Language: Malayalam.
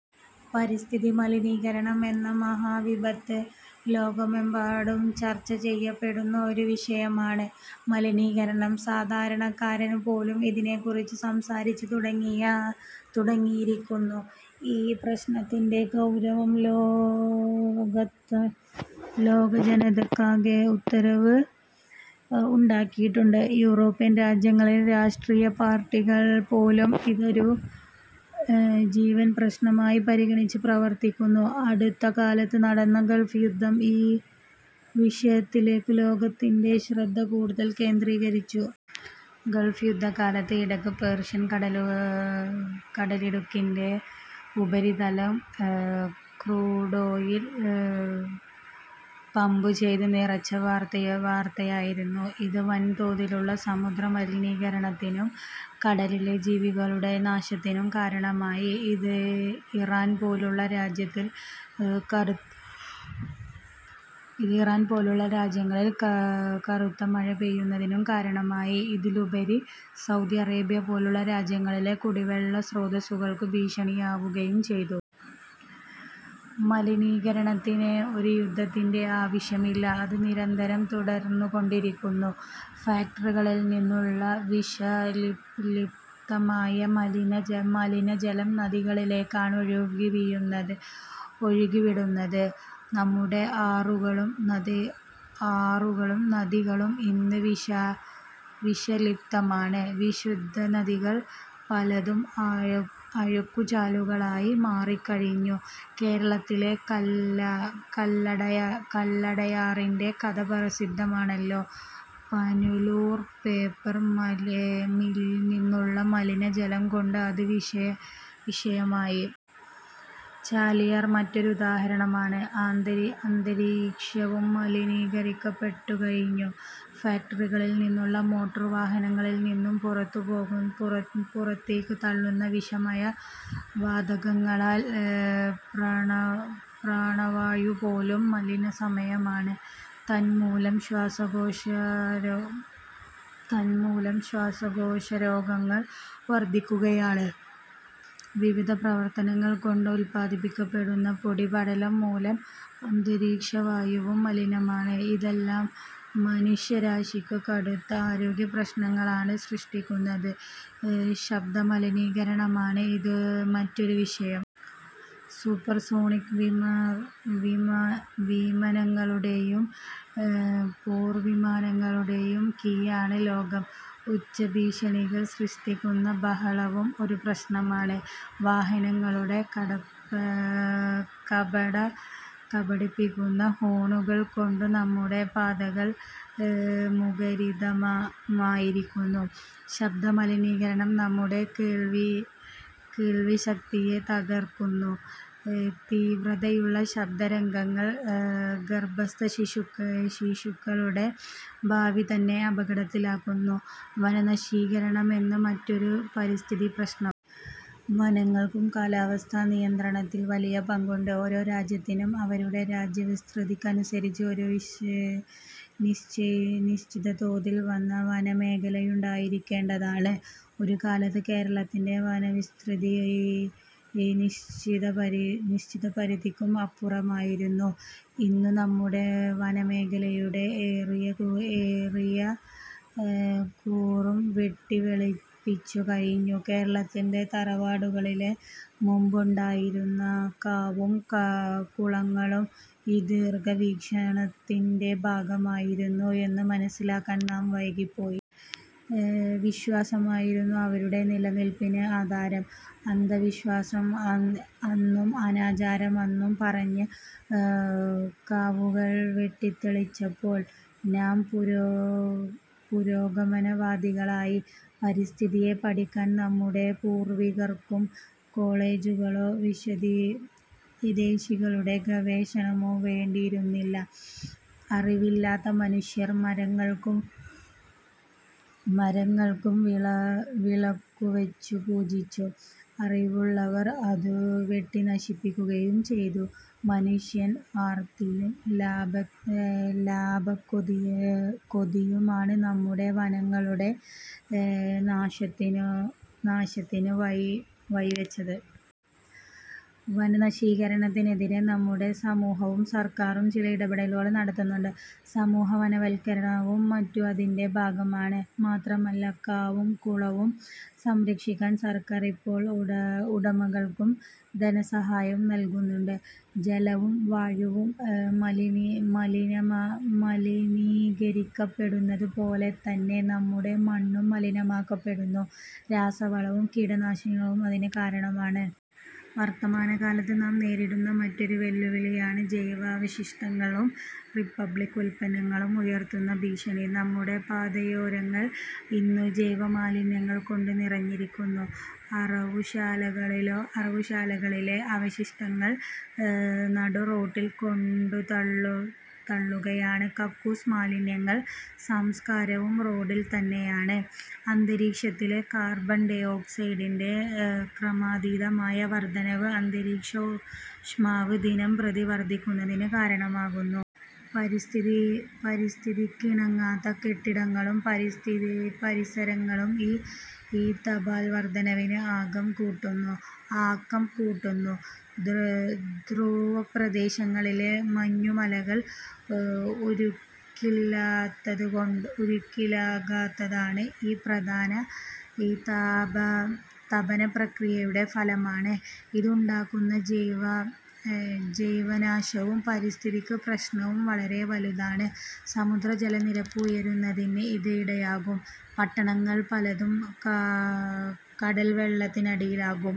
പരിസ്ഥിതി മലിനീകരണം എന്ന മഹാവിപത്ത്: ലോകമെമ്പാടും ചർച്ചചെയ്യപ്പെടുന്ന ഒരു വിഷയമാണ് മലിനീകരണം. സാധാരണക്കാരൻപോലും ഇതിനെക്കുറിച്ച് സംസാരിച്ചു തുടങ്ങിയി രിക്കുന്നു. ഈ പ്രശ്നത്തിന്റെ ഗൗരവം ലോകജനതയിലാകെ ഒരു ഉണർവ്വ് ഉണ്ടാക്കിയിട്ടുണ്ട്. യൂറോപ്യൻ രാജ്യങ്ങളിൽ രാഷ്ട്രീയപാർട്ടി കൾപോലും ഇതൊരു ജീവൽപ്രശ്നമായി പരിഗണിച്ച് പ്രവർത്തിക്കുന്നു. അടുത്തകാലത്തു നടന്ന ഗൾഫ് യുദ്ധം ഈ വിഷയത്തിലേക്കു ലോക ത്തിന്റെ ശ്രദ്ധ കൂടുതൽ കേന്ദ്രീകരിച്ചു. ഗൾഫ് യുദ്ധകാലത്ത് ഇറാക്ക് പേർഷ്യൻ കടലിടുക്കിന്റെ ഉപരിതലം ക്രൂഡോയിൽ പമ്പു ചെയ്ത നിറച്ചത് വാർത്തയായിരുന്നു. ഇത് വൻതോതിലുള്ള സമുദ്ര മലിനീക രണത്തിനും കടലിലെ ജീവികളുടെ നാശത്തിനും കാരണമായി. ഇത് ഇറാൻപോലുള്ള രാജ്യങ്ങളിൽ കറുത്തമഴ പെയ്യുന്നതിനു കാരണമായി. അതിലുമുപരി സൗദി അറേബ്യപോലുള്ള രാജ്യങ്ങളിലെ കുടിവെള്ള സ്രോതസ്സുകൾക്കു ഭീഷണിയാവുകയും ചെയ്തു. ജലമലിനീകരണത്തിന് ഒരു യുദ്ധത്തിന്റെ ആവശ്യമില്ല. അത് നിരന്തരം തുടർന്നുകൊണ്ടിരിക്കുന്നു. ഫാക്ടറികളിൽനിന്നുമുള്ള വിഷ ലിപ്തമായ മലിനജലം നദികളിലേക്കാണ് ഒഴുക്കിവിടുന്നത്. നമ്മുടെ ആറുകളും നദികളും ഇന്ന് വിഷലിപ്തമാണ്. വിശുദ്ധനദികൾ പലതും അഴുക്കുചാലുകളായി മാറിക്കഴിഞ്ഞു. കേരളത്തിലെ കല്ലടയാറിന്റെ കഥ പ്രസിദ്ധമാണല്ലോ. പുനലൂർ പേപ്പർ മില്ലിൽനിന്നുമുള്ള മലിനജലം കൊണ്ട് അത് വിഷമയമായി. ചാലിയാർ മറ്റൊരു ഉദാഹരണമാണ്. അന്തരീക്ഷവും മലിനീകരിക്കപ്പെട്ടുകഴിഞ്ഞു. ഫാക്ടറികളിൽ നിന്നും മോട്ടോർ വാഹനങ്ങളിൽനിന്നും പുറത്തേക്കു തള്ളുന്ന വിഷ മയമായ വാതകങ്ങളാൽ പ്രാണവായുപോലും മലീമസമാണ്. തന്മൂലം ശ്വാസകോശരോഗങ്ങൾ വർധിക്കുകയാണ്. വിവിധ പ്രവർത്തനങ്ങൾ കൊണ്ട് ഉത്പാദിപ്പിക്കപ്പെടുന്ന പൊടിപടലംമൂലം അന്തരീക്ഷവായുവും മലിനമാണ്. ഇതെല്ലാം മുനഷ്യരാശിക്കു കടുത്ത ആരോഗ്യപ്രശ്നങ്ങ ളാണ് സൃഷ്ടിക്കുന്നത്. ശബ്ദമലിനീകരണമാണ് മറ്റൊരു വിഷയം. സൂപ്പർസോണിക് വിമാ നങ്ങളുടെയും പോർവിമാനങ്ങളുടെ കീഴെയാണ് ലോകം. ഉച്ചഭാഷി ണികൾ സൃഷ്ടിക്കുന്ന ബഹളവും ഒരു പ്രശ്നമാണ്. വാഹനങ്ങളുടെ കാതടപ്പിക്കുന്ന ഹോണുകൾകൊണ്ടു നമ്മുടെ പാതകൾ മുഖരിതമാ യിരിക്കുന്നു. ശബ്ദമലിനീകരണം നമ്മുടെ കേൾവിശക്തിയെ തകർ ക്കുന്നു. തീവ്രതയുള്ള ശബ്ദതരംഗങ്ങൾ ഗർഭസ്ഥശിശുക്കളുടെ ഭാവി തന്നെ അപകടത്തിലാക്കുന്നു. വനനശീകരണമാണ് മറ്റൊരു പരിസ്ഥിതിപ്രശ്നം. വനങ്ങൾക്കു കാലാവസ്ഥാനിയന്ത്രണത്തിൽ വലിയ പങ്കുണ്ട്. ഓരോ രാജ്യത്തിനും അവരുടെ രാജ്യവിസ്തൃതിക്കനുസരിച്ച് ഒരു നിശ്ചിതതോതിൽ വന മേഖലയുണ്ടായിരിക്കേണ്ടതാണ്. ഒരുകാലത്ത് കേരളത്തിന്റെ വന വിസ്തൃതി ഈ നിശ്ചിതപരിധിക്കും അപ്പുറമായിരുന്നു. ഇന്നു നമ്മുടെ വനമേഖലയുടെ ഏറിയകൂറും വെട്ടിവെളിപ്പിച്ചു കഴിഞ്ഞു. കേരളത്തിലെ തറവാടുകളിലെ മുമ്പുണ്ടായിരുന്ന കാവും കുളങ്ങളും ഈ ദീർഘവീക്ഷ ണത്തിന്റെ ഭാഗമായിരുന്നു എന്നു മനസ്സിലാക്കാൻ നാം വൈകി പ്പോയി. വിശ്വാസമായിരുന്നു അവയുടെ നിലനില്പിന് ആധാരം. അന്ധ വിശ്വാസം എന്നും അനാചാരമെന്നും പറഞ്ഞ് കാവുകൾ വെട്ടിത്ത ളിച്ചപ്പോൾ നാം പുരോഗമനവാദികളായി. പരിസ്ഥിതിയെ പഠിക്കാൻ നമ്മുടെ പൂർവികർക്കു കോളജുകളോ വിദേശികളുടെ ഗവേഷണമോ വേണ്ടിയിരുന്നില്ല. അറിവില്ലാത്ത മനുഷ്യർ മരങ്ങൾക്കു വിളക്കുവച്ചു പൂജിച്ചു. അറിവുള്ളവർ അതു വെട്ടിനശിപ്പിക്കുകയും ചെയ്തു. മനു ഷ്യന്റെ ആർത്തിയും ലാഭക്കൊതിയുമാണ് നമ്മുടെ വനങ്ങളുടെ നാശത്തിനു വഴിവച്ചത്. വനനശീകരണത്തിന് എതിരേ നമ്മുടെ സമൂ ഹവും സർക്കാരും ചില ഇടപെടലുകൾ നടത്തുന്നുണ്ട്. സാമൂഹിക വനവൽക്കരണവും മറ്റും അതിന്റെ ഭാഗമാണ്. മാത്രമല്ല, കാവും കുള വും സംരക്ഷിക്കാൻ സർക്കാർ ഇപ്പോൾ ഉടമകൾക്കു ധനസഹായവും നല്കുന്നുണ്ട്. ജലവും വായുവും മലിനീകരിക്കപ്പെടുന്നതുപോലെതന്നെ നമ്മുടെ മണ്ണും മലിനീകരിക്കപ്പെടുന്നു. രാസവളവും കീടനാശിനികളും അതിനു കാരണമാണ്. വർത്തമാനകാലത്ത് നാം നേരിടുന്ന മറ്റൊരു വെല്ലുവി ളിയാണ് ജൈവാവശിഷ്ടങ്ങളും പ്ലാസ്റ്റിക് ഉത്പന്നങ്ങളും ഉയർത്തുന്ന ഭീഷണി. നമ്മുടെ പാതയോരങ്ങൾ ഇന്നു ജൈവമാലിന്യങ്ങൾകൊണ്ടു നിറഞ്ഞിരിക്കുന്നു. അറവുശാലകളിലെ അവശിഷ്ടങ്ങൾ നടുറോഡിൽ കൊണ്ടുത്തള്ളുകയാണ്. കക്കൂസ് മാലിന്യങ്ങളുടെ സംസ്കരണവും റോഡിൽതന്നെയാണ്. അന്തരീക്ഷത്തിലെ കാർബൺ ഡൈ ഓക്സൈഡിന്റെ ക്രമാതീത മായ വർദ്ധനവ് അന്തരീക്ഷോഷ്മാവ് ദിനംപ്രതി വർദ്ധിക്കുന്നതിനു കാരണമാകുന്നു. പരിസ്ഥിതിക്കിണങ്ങാത്ത കെട്ടിടങ്ങളും പരിസര ങ്ങളും ഈ താപവർദ്ധനവിന് ആക്കം കൂട്ടുന്നു. ധ്രുവപ്രദേശങ്ങളിലെ മഞ്ഞുമലകൾ ഉരുകിയില്ലാതാകുന്നത് ഈ താപനപ്രക്രിയയുടെ ഫല മാണ്. ഇത് ഉണ്ടാക്കുന്ന ജൈവനാശവും പാരിസ്ഥിതികപ്രശ്നവും വളരെ വലുതാണ്. സമുദ്രജലനിരപ്പ് ഉയരുന്നതിന് ഇത് ഇടയാക്കും. പട്ടണങ്ങൾ പലതും കടൽവെള്ളത്തിനടിയിലാകും.